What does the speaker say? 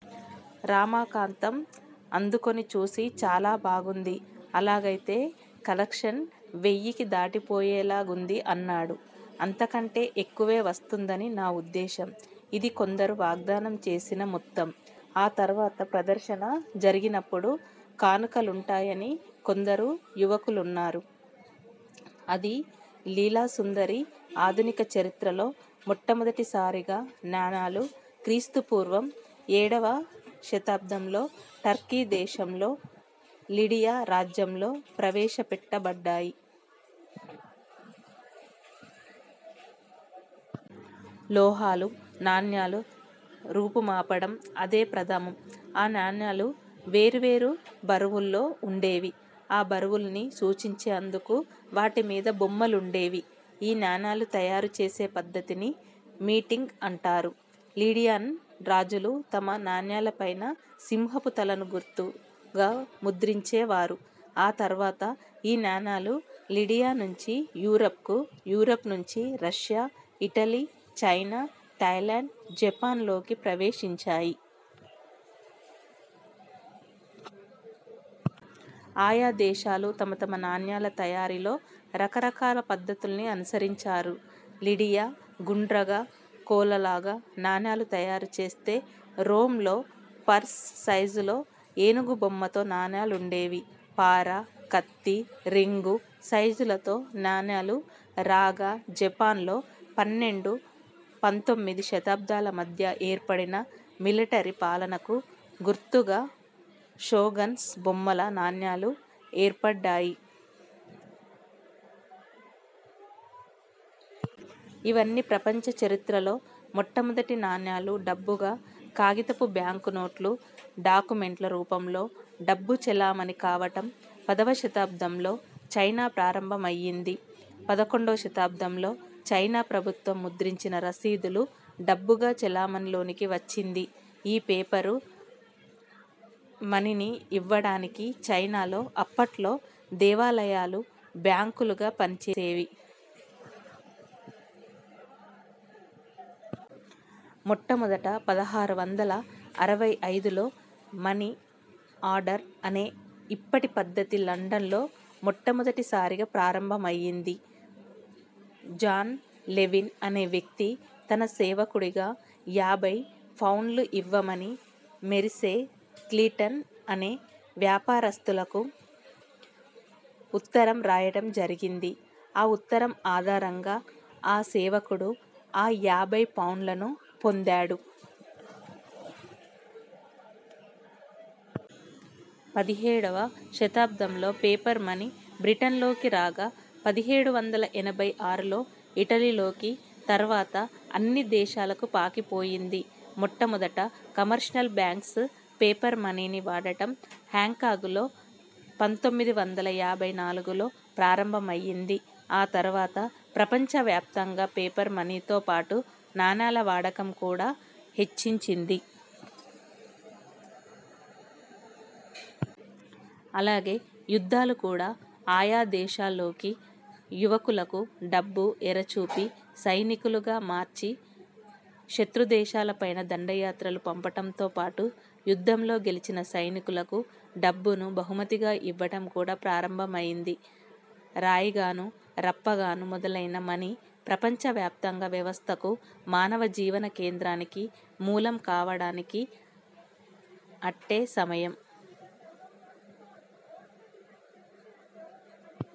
రామాకంతంఅందుకునిచూసి చాలా బాగుంది. అలాగయితే కలెక్షన్ వెయ్యికి దాటిపోయేలాగుంది అన్నాడు. అంతకంటే ఎక్కువే వస్తుందని నా ఉద్దేశ్యం. ఇది కొందరు వాగ్ధానం చేసిన మొత్తం. ఆ తరవాత ప్రదర్శన జరిగేటప్పుడు కానుకలుంటాయని కొందరు యువకులున్నారు అది లీలాసుందరి. ఆధునిక చరిత్రలో మొట్టమొదటిసారిగా నాణాలు క్రీస్తుపూర్వం ఏడవ శతాబ్దంలో టర్కీ దేశంలో లిడియా రాజ్యంలో ప్రవేశపెట్టబడ్డాయి. లోహాలు, నాణాలు రూపుమాపడం అదే ప్రథమం. ఆ నాణాలు వేర్వేరు బరువుల్లో వుండేవి. ఆ బరువుల్ని సూచించేందుకు వాటిమీద బొమ్మలుండేవి. ఈ నాణాలు తయారుచేసే పద్ధతిని మీటింగ్ అంటారు. లిడియన్ రాజులు తమ నాణాలపైన సింహపు తలను గుర్తుగా ముద్రించేవారు ఆ తర్వాత ఈ నాణాలు లిడియా నుంచి యూరప్ కు, యూరప్ నుంచి Russia, Italy, China, Thailand, Japan ల్లోకి ప్రవేశించాయి. ఆయా దేశాలు, తమ తమ నాణాల తయారీలో రకరకాల పద్ధతుల్ని అనుసరించారు. లిడియా గుండ్రంగా, కోలలాగా నాణాలు తయారుచేస్తే, రోమ్ లో పర్స్ సైజులో ఏనుగుబొమ్మతో నాణాలుండేవి. పార, కత్తి, రింగు సైజులతో నాణాలు రాగా, జపాన్ లో పన్నెండు -పంతోమిది శతాబ్దాల మధ్య ఏర్పడిన మిలటరీ పాలనకు గుర్తుగా షోగన్స్ బొమ్మల నాణాలు, ఏర్పడ్డాయి. ఇవన్నీ ప్రపంచ చరిత్రలో మొట్టమొదటి నాణాలు. డబ్బుగా కాగితపు బ్యాంకునోట్లు, డాక్యుమెంట్ల రూపంలో డబ్బు చలామణీ కావడం. పదవ శతాబ్దంలో చైనా ప్రారంభమైంది. పడుకొండవ శతాబ్దంలో చైనా ప్రభుత్వం ముద్రించిన రసీదులు డబ్బుగా చలామణీలోకి వచ్చింది. ఈ పేపర్ మనీని యివ్వడానికి చైనాలో అప్పట్లో దేవాలయాలు బ్యాంకులుగా పనిచేసేవి. మొట్టమొదట పదహారు వందల అరవై ఐదులో మని ఆర్డర్ అనే ఇప్పటి పద్ధతి లండన్ లో మొట్టమొదటిసారిగా ప్రారంభమైంది. జాన్ లెవీన్ అనే వ్యక్తి, తన సేవకుడికి యాభై పౌండ్లు ఇవ్వమని మోరిసే క్లీటన్ అనే వ్యాపారస్తులకు ఉత్తరం రాయడం జరిగింది. ఆ ఉత్తరం ఆధారంగా ఆ సేవకుడు ఆ యాభై పౌండ్లనూ పొందాడు. పదిహేడువ శతాబ్దంలో పేపర్ మనీ బ్రిటన్ లోకి రాగా, పదిహేడు వందల ఎనభై ఆరులో ఇటలీలోకి, తర్వాత అన్ని దేశాలకు పాకిపోయింది. మొట్టమొదట కమర్షియల్ బ్యాంక్స్ పేపర్ మనీని వాడడం హాంకాంగ్ లో పంతొమ్మిది వందల యాభై నాలుగులో ప్రారంభమైంది. ఆ తర్వాత ప్రపంచ వ్యాప్తంగా పేపర్ మనీతో పాటు నాణాల వాడకం కూడా హెచ్చించింది. అలాగే యుద్ధాలు కూడా ఆయా దేశాల్లోకి యువకులకు, డబ్బు ఎర చూపి, సైనికులుగా మార్చి శత్రుదేశాలపై దండయాత్రలు పంపడంతో పాటు, యుద్ధంలో గెలిచిన సైనికులకు డబ్బును బహుమతిగా ఇవ్వడం కూడా ప్రారంభమైంది. రాయిగానూ, రప్పగానూ మొదలైన మనీ, ప్రపంచ వ్యాపార వ్యవస్థకు, మానవ జీవన కేంద్రానికి మూలం కావడానికి అట్టే సమయం